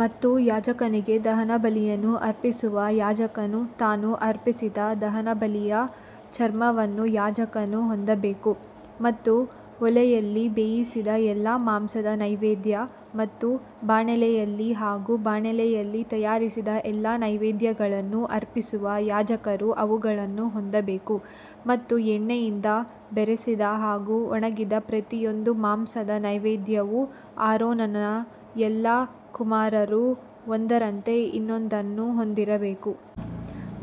ಮತ್ತು ಯಾಜಕನಿಗೆ ದಹನಬಲಿಯನ್ನು ಅರ್ಪಿಸುವ ಯಾಜಕನು ತಾನು ಅರ್ಪಿಸಿದ ದಹನಬಲಿಯ ಚರ್ಮವನ್ನು ಯಾಜಕನು ಹೊಂದಬೇಕು. ಮತ್ತು ಒಲೆಯಲ್ಲಿ ಬೇಯಿಸಿದ ಎಲ್ಲಾ ಮಾಂಸದ ನೈವೇದ್ಯ ಮತ್ತು ಬಾಣಲೆಯಲ್ಲಿ ಹಾಗೂ ಬಾಣಲೆಯಲ್ಲಿ ತಯಾರಿಸಿದ ಎಲ್ಲಾ ನೈವೇದ್ಯಗಳನ್ನು ಅರ್ಪಿಸುವ ಯಾಜಕರು ಅವುಗಳನ್ನು ಹೊಂದಬೇಕು. ಮತ್ತು ಎಣ್ಣೆಯಿಂದ ಬೆರೆಸಿದ ಹಾಗೂ ಒಣಗಿದ ಪ್ರತಿಯೊಂದು ಮಾಂಸದ ನೈವೇದ್ಯವು ಆರೋನನ ಎಲ್ಲಾ ಕುಮಾರರು ಒಂದರಂತೆ ಇನ್ನೊಂದನ್ನು ಹೊಂದಿರಬೇಕು.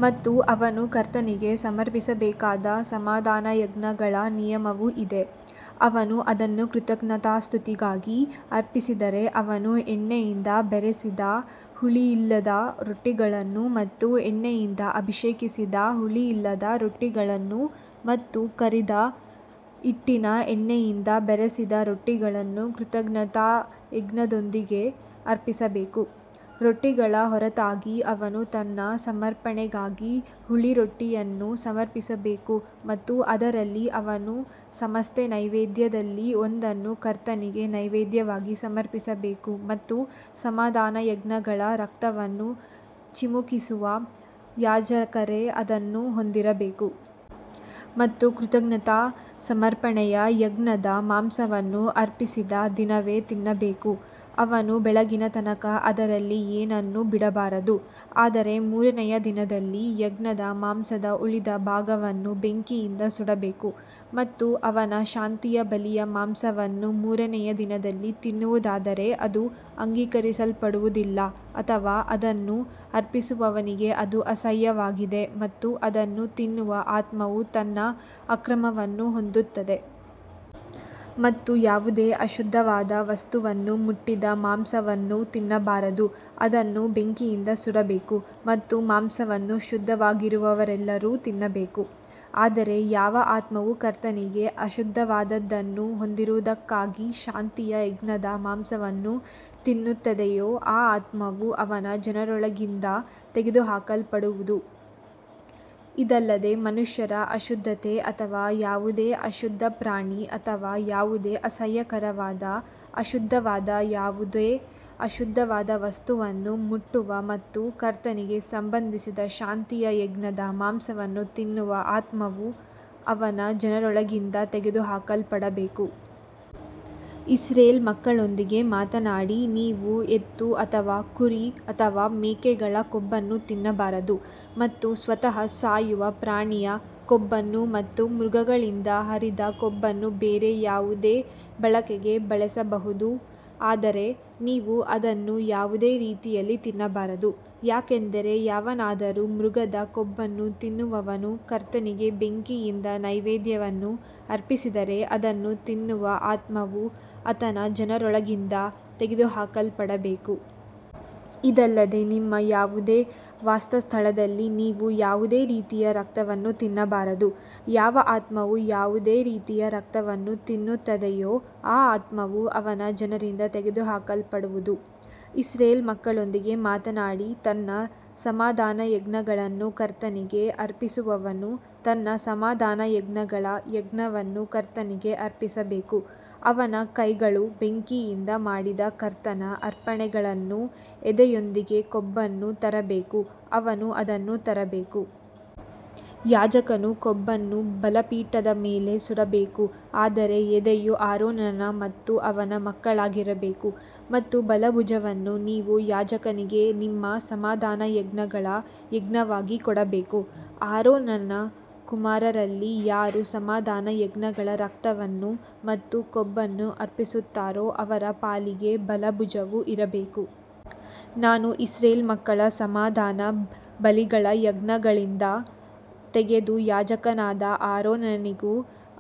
ಮತ್ತು ಅವನು ಕರ್ತನಿಗೆ ಸಮರ್ಪಿಸಬೇಕಾದ ಸಮಾಧಾನಯಜ್ಞಗಳ ನಿಯಮವು ಇದೇ. ಅವನು ಅದನ್ನು ಕೃತಜ್ಞತಾಸ್ತುತಿಗಾಗಿ ಅರ್ಪಿಸಿದರೆ ಅವನು ಎಣ್ಣೆಯಿಂದ ಬೆರೆಸಿದ ಹುಳಿಯಿಲ್ಲದ ರೊಟ್ಟಿಗಳನ್ನು ಮತ್ತು ಎಣ್ಣೆಯಿಂದ ಅಭಿಷೇಕಿಸಿದ ಹುಳಿಯಿಲ್ಲದ ರೊಟ್ಟಿಗಳನ್ನು ಮತ್ತು ಕರಿದ ಹಿಟ್ಟಿನ ಎಣ್ಣೆಯಿಂದ ಬೆರೆಸಿದ ರೊಟ್ಟಿಗಳನ್ನು ಕೃತಜ್ಞತಾ ಯಜ್ಞದೊಂದಿಗೆ ಅರ್ಪಿಸಬೇಕು. ರೊಟ್ಟಿಗಳ ಹೊರತಾಗಿ ಅವನು ತನ್ನ ಸಮರ್ಪಣೆಗಾಗಿ ಹುಳಿ ರೊಟ್ಟಿಯನ್ನು ಸಮರ್ಪಿಸಬೇಕು ಮತ್ತು ಅದರಲ್ಲಿ ಅವನು ಸಮಸ್ತ ನೈವೇದ್ಯದಲ್ಲಿ ಒಂದನ್ನು ಕರ್ತನಿಗೆ ನೈವೇದ್ಯವಾಗಿ ಸಮರ್ಪಿಸಬೇಕು ಮತ್ತು ಸಮಾಧಾನಯಜ್ಞಗಳ ರಕ್ತವನ್ನು ಚಿಮುಕಿಸುವ ಯಾಜಕರೇ ಅದನ್ನು ಹೊಂದಿರಬೇಕು. ಮತ್ತು ಕೃತಜ್ಞತಾ ಸಮರ್ಪಣೆಯ ಯಜ್ಞದ ಮಾಂಸವನ್ನು ಅರ್ಪಿಸಿದ ದಿನವೇ ತಿನ್ನಬೇಕು ಅವನು ಬೆಳಗಿನ ತನಕ ಅದರಲ್ಲಿ ಏನನ್ನೂ ಬಿಡಬಾರದು. ಆದರೆ ಮೂರನೆಯ ದಿನದಲ್ಲಿ ಯಜ್ಞದ ಮಾಂಸದ ಉಳಿದ ಭಾಗವನ್ನು ಬೆಂಕಿಯಿಂದ ಸುಡಬೇಕು. ಮತ್ತು ಅವನ ಶಾಂತಿಯ ಬಲಿಯ ಮಾಂಸವನ್ನು ಮೂರನೆಯ ದಿನದಲ್ಲಿ ತಿನ್ನುವುದಾದರೆ ಅದು ಅಂಗೀಕರಿಸಲ್ಪಡುವುದಿಲ್ಲ ಅಥವಾ ಅದನ್ನು ಅರ್ಪಿಸುವವನಿಗೆ ಅದು ಅಸಹ್ಯವಾಗಿದೆ ಮತ್ತು ಅದನ್ನು ತಿನ್ನುವ ಆತ್ಮವು ತನ್ನ ಅಕ್ರಮವನ್ನು ಹೊಂದುತ್ತದೆ. ಮತ್ತು ಯಾವುದೇ ಅಶುದ್ಧವಾದ ವಸ್ತುವನ್ನು ಮುಟ್ಟಿದ ಮಾಂಸವನ್ನು ತಿನ್ನಬಾರದು ಅದನ್ನು ಬೆಂಕಿಯಿಂದ ಸುಡಬೇಕು ಮತ್ತು ಮಾಂಸವನ್ನು ಶುದ್ಧವಾಗಿರುವವರೆಲ್ಲರೂ ತಿನ್ನಬೇಕು. ಆದರೆ ಯಾವ ಆತ್ಮವು ಕರ್ತನಿಗೆ ಅಶುದ್ಧವಾದದ್ದನ್ನು ಹೊಂದಿದ್ದಕ್ಕಾಗಿ ಶಾಂತಿಯ ಯಜ್ಞದ ಮಾಂಸವನ್ನು ತಿನ್ನುತ್ತದೆಯೋ ಆ ಆತ್ಮವು ಅವನ ಜನರೊಳಗಿಂದ ತೆಗೆದುಹಾಕಲ್ಪಡುವದು. ಇದಲ್ಲದೆ ಮನುಷ್ಯರ ಅಶುದ್ಧತೆ ಅಥವಾ ಯಾವುದೇ ಅಶುದ್ಧ ಪ್ರಾಣಿ ಅಥವಾ ಯಾವುದೇ ಅಸಹ್ಯಕರವಾದ ಅಶುದ್ಧವಾದ ಯಾವುದೇ ಅಶುದ್ಧವಾದ ವಸ್ತುವನ್ನು ಮುಟ್ಟುವ ಮತ್ತು ಕರ್ತನಿಗೆ ಸಂಬಂಧಿಸಿದ ಶಾಂತಿಯ ಯಜ್ಞದ ಮಾಂಸವನ್ನು ತಿನ್ನುವ ಆತ್ಮವು ಅವನ ಜನರೊಳಗಿಂದ ತೆಗೆದುಹಾಕಲ್ಪಡಬೇಕು. ಇಸ್ರಾಯೇಲ್ ಮಕ್ಕಳೊಂದಿಗೆ ಮಾತನಾಡಿ ನೀವು ಎತ್ತು ಅಥವಾ ಕುರಿ ಅಥವಾ ಮೇಕೆಗಳ ಕೊಬ್ಬನ್ನು ತಿನ್ನಬಾರದು. ಮತ್ತು ಸ್ವತಃ ಸಾಯುವ ಪ್ರಾಣಿಯ ಕೊಬ್ಬನ್ನು ಮತ್ತು ಮೃಗಗಳಿಂದ ಹರಿದ ಕೊಬ್ಬನ್ನು ಬೇರೆ ಯಾವುದೇ ಬಳಕೆಗೆ ಬಳಸಬಹುದು ಆದರೆ ನೀವು ಅದನ್ನು ಯಾವುದೇ ರೀತಿಯಲ್ಲಿ ತಿನ್ನಬಾರದು. ಯಾಕಂದರೆ ಯಾವನಾದರೂ ಮೃಗದ ಕೊಬ್ಬನ್ನು ತಿನ್ನುವವನು ಕರ್ತನಿಗೆ ಬೆಂಕಿಯಿಂದ ನೈವೇದ್ಯವನ್ನು ಅರ್ಪಿಸಿದರೆ ಅದನ್ನು ತಿನ್ನುವ ಆತ್ಮವು ಅವನ ಜನರೊಳಗಿಂದ ತೆಗೆದುಹಾಕಲ್ಪಡಬೇಕು. ಇದಲ್ಲದೆ ನಿಮ್ಮ ಯಾವುದೇ ವಾಸಸ್ಥಳದಲ್ಲಿ ನೀವು ಯಾವುದೇ ರೀತಿಯ ರಕ್ತವನ್ನು ತಿನ್ನಬಾರದು. ಯಾವ ಆತ್ಮವು ಯಾವುದೇ ರೀತಿಯ ರಕ್ತವನ್ನು ತಿನ್ನುತ್ತದೆಯೋ ಆ ಆತ್ಮವು ಅವನ ಜನರಿಂದ ತೆಗೆದುಹಾಕಲ್ಪಡುವದು. ಇಸ್ರಾಯೇಲ್ ಮಕ್ಕಳೊಂದಿಗೆ ಮಾತನಾಡಿ ತನ್ನ ಸಮಾಧಾನಯಜ್ಞಗಳನ್ನು ಕರ್ತನಿಗೆ ಅರ್ಪಿಸುವವನು ತನ್ನ ಸಮಾಧಾನಯಜ್ಞಗಳ ಯಜ್ಞವನ್ನು ಕರ್ತನಿಗೆ ಅರ್ಪಿಸಬೇಕು. ಅವನ ಕೈಗಳು ಬೆಂಕಿಯಿಂದ ಮಾಡಿದ ಕರ್ತನ ಅರ್ಪಣೆಗಳನ್ನು ಎದೆಯೊಂದಿಗೆ ಕೊಬ್ಬನ್ನು ತರಬೇಕು ಅವನು ಅದನ್ನು ತರಬೇಕು. ಯಾಜಕನು ಕೊಬ್ಬನ್ನು ಬಲಿಪೀಠದ ಮೇಲೆ ಸುಡಬೇಕು ಆದರೆ ಎದೆಯು ಆರೋನನ ಮತ್ತು ಅವನ ಮಕ್ಕಳಾಗಿರಬೇಕು. ಮತ್ತು ಬಲ ಭುಜವನ್ನು ನೀವು ಯಾಜಕನಿಗೆ ನಿಮ್ಮ ಸಮಾಧಾನಯಜ್ಞಗಳ ಯಜ್ಞವಾಗಿ ಕೊಡಬೇಕು. ಆರೋನನ ಕುಮಾರರಲ್ಲಿ ಯಾರು ಸಮಾಧಾನಯಜ್ಞಗಳ ರಕ್ತವನ್ನು ಮತ್ತು ಕೊಬ್ಬನ್ನು ಅರ್ಪಿಸುತ್ತಾರೋ ಅವರ ಪಾಲಿಗೆ ಬಲ ಭುಜವು ಇರಬೇಕು. ನಾನು ಇಸ್ರಾಯೇಲ್ ಮಕ್ಕಳ ಸಮಾಧಾನದ ಬಲಿಗಳ ಯಜ್ಞಗಳಿಂದ ತೆಗೆದು ಯಾಜಕನಾದ ಆರೋನನಿಗೂ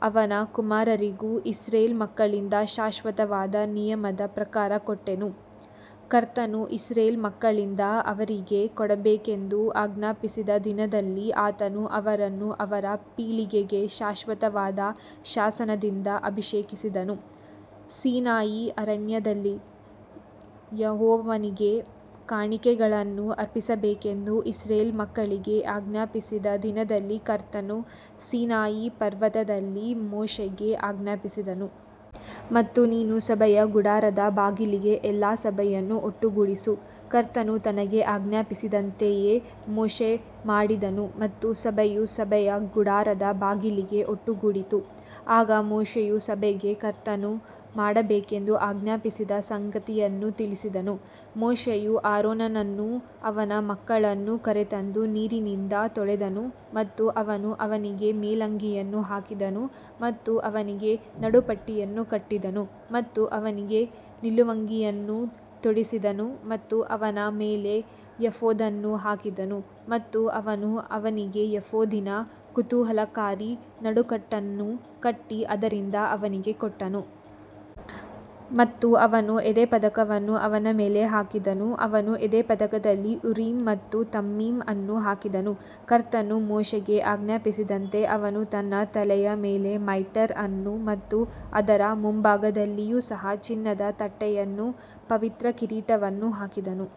ಅವನ ಕುಮಾರರಿಗೂ ಇಸ್ರಾಯೇಲ್ ಮಕ್ಕಳಿಂದ ಶಾಶ್ವತವಾದ ನಿಯಮದ ಪ್ರಕಾರ ಕೊಟ್ಟೆನು. ಕರ್ತನು ಇಸ್ರಾಯೇಲ್ ಮಕ್ಕಳಿಂದ ಅವರಿಗೆ ಕೊಡಬೇಕೆಂದು ಆಜ್ಞಾಪಿಸಿದ ದಿನದಲ್ಲಿ ಆತನು ಅವರನ್ನು ಅವರ ಪೀಳಿಗೆಗೆ ಶಾಶ್ವತವಾದ ಶಾಸನದಿಂದ ಅಭಿಷೇಕಿಸಿದನು. ಸೀನಾಯಿ ಅರಣ್ಯದಲ್ಲಿ ಯೆಹೋವನಿಗೆ ಕಾಣಿಕೆಗಳನ್ನು ಅರ್ಪಿಸಬೇಕೆಂದು ಇಸ್ರಾಯೇಲ್ ಮಕ್ಕಳಿಗೆ ಆಜ್ಞಾಪಿಸಿದ ದಿನದಲ್ಲಿ ಕರ್ತನು ಸೀನಾಯಿ ಪರ್ವತದಲ್ಲಿ ಮೋಶೆಗೆ ಆಜ್ಞಾಪಿಸಿದನು. ಮತ್ತು ನೀನು ಸಭೆಯ ಗುಡಾರದ ಬಾಗಿಲಿಗೆ ಎಲ್ಲಾ ಸಭೆಯನ್ನು ಒಟ್ಟುಗೂಡಿಸು. ಕರ್ತನು ತನಗೆ ಆಜ್ಞಾಪಿಸಿದಂತೆಯೇ ಮೋಶೆ ಮಾಡಿದನು ಮತ್ತು ಸಭೆಯು ಸಭೆಯ ಗುಡಾರದ ಬಾಗಿಲಿಗೆ ಒಟ್ಟುಗೂಡಿತು. ಆಗ ಮೋಶೆಯು ಸಭೆಗೆ ಕರ್ತನು ಮಾಡಬೇಕೆಂದು ಆಜ್ಞಾಪಿಸಿದ ಸಂಗತಿಯನ್ನು ತಿಳಿಸಿದನು. ಮೋಶೆಯು ಆರೋನನನ್ನೂ ಅವನ ಮಕ್ಕಳನ್ನೂ ಕರೆತಂದು ನೀರಿನಿಂದ ತೊಳೆದನು ಮತ್ತು ಅವನು ಅವನಿಗೆ ಮೇಲಂಗಿಯನ್ನು ಹಾಕಿದನು ಮತ್ತು ಅವನಿಗೆ ನಡುಪಟ್ಟಿಯನ್ನು ಕಟ್ಟಿದನು ಮತ್ತು ಅವನಿಗೆ ನಿಲುವಂಗಿಯನ್ನು ತೊಡಿಸಿದನು ಮತ್ತು ಅವನ ಮೇಲೆ ಏಫೋದನ್ನು ಹಾಕಿದನು ಮತ್ತು ಅವನು ಅವನಿಗೆ ಏಫೋದಿನ ಕುತೂಹಲಕಾರಿ ನಡುಕಟ್ಟನ್ನು ಕಟ್ಟಿ ಅದರಿಂದ ಅವನಿಗೆ ಕಟ್ಟಿದನು. ಮತ್ತು ಅವನು ಎದೆಪದಕವನ್ನು ಅವನ ಮೇಲೆ ಹಾಕಿದನು ಅವನು ಎದೆಪದಕದಲ್ಲಿ ಉರೀಮ್ ಮತ್ತು ತುಮ್ಮೀಮ್ ಅನ್ನು ಹಾಕಿದನು. ಕರ್ತನು ಮೋಶೆಗೆ ಆಜ್ಞಾಪಿಸಿದಂತೆ ಅವನು ತನ್ನ ತಲೆಯ ಮೇಲೆ ಮೈಟರ್ ಅನ್ನು ಮತ್ತು ಅದರ ಮುಂಭಾಗದಲ್ಲಿಯೂ ಸಹ ಚಿನ್ನದ ತಟ್ಟೆಯನ್ನು ಪವಿತ್ರ ಕಿರೀಟವನ್ನು ಹಾಕಿದನು.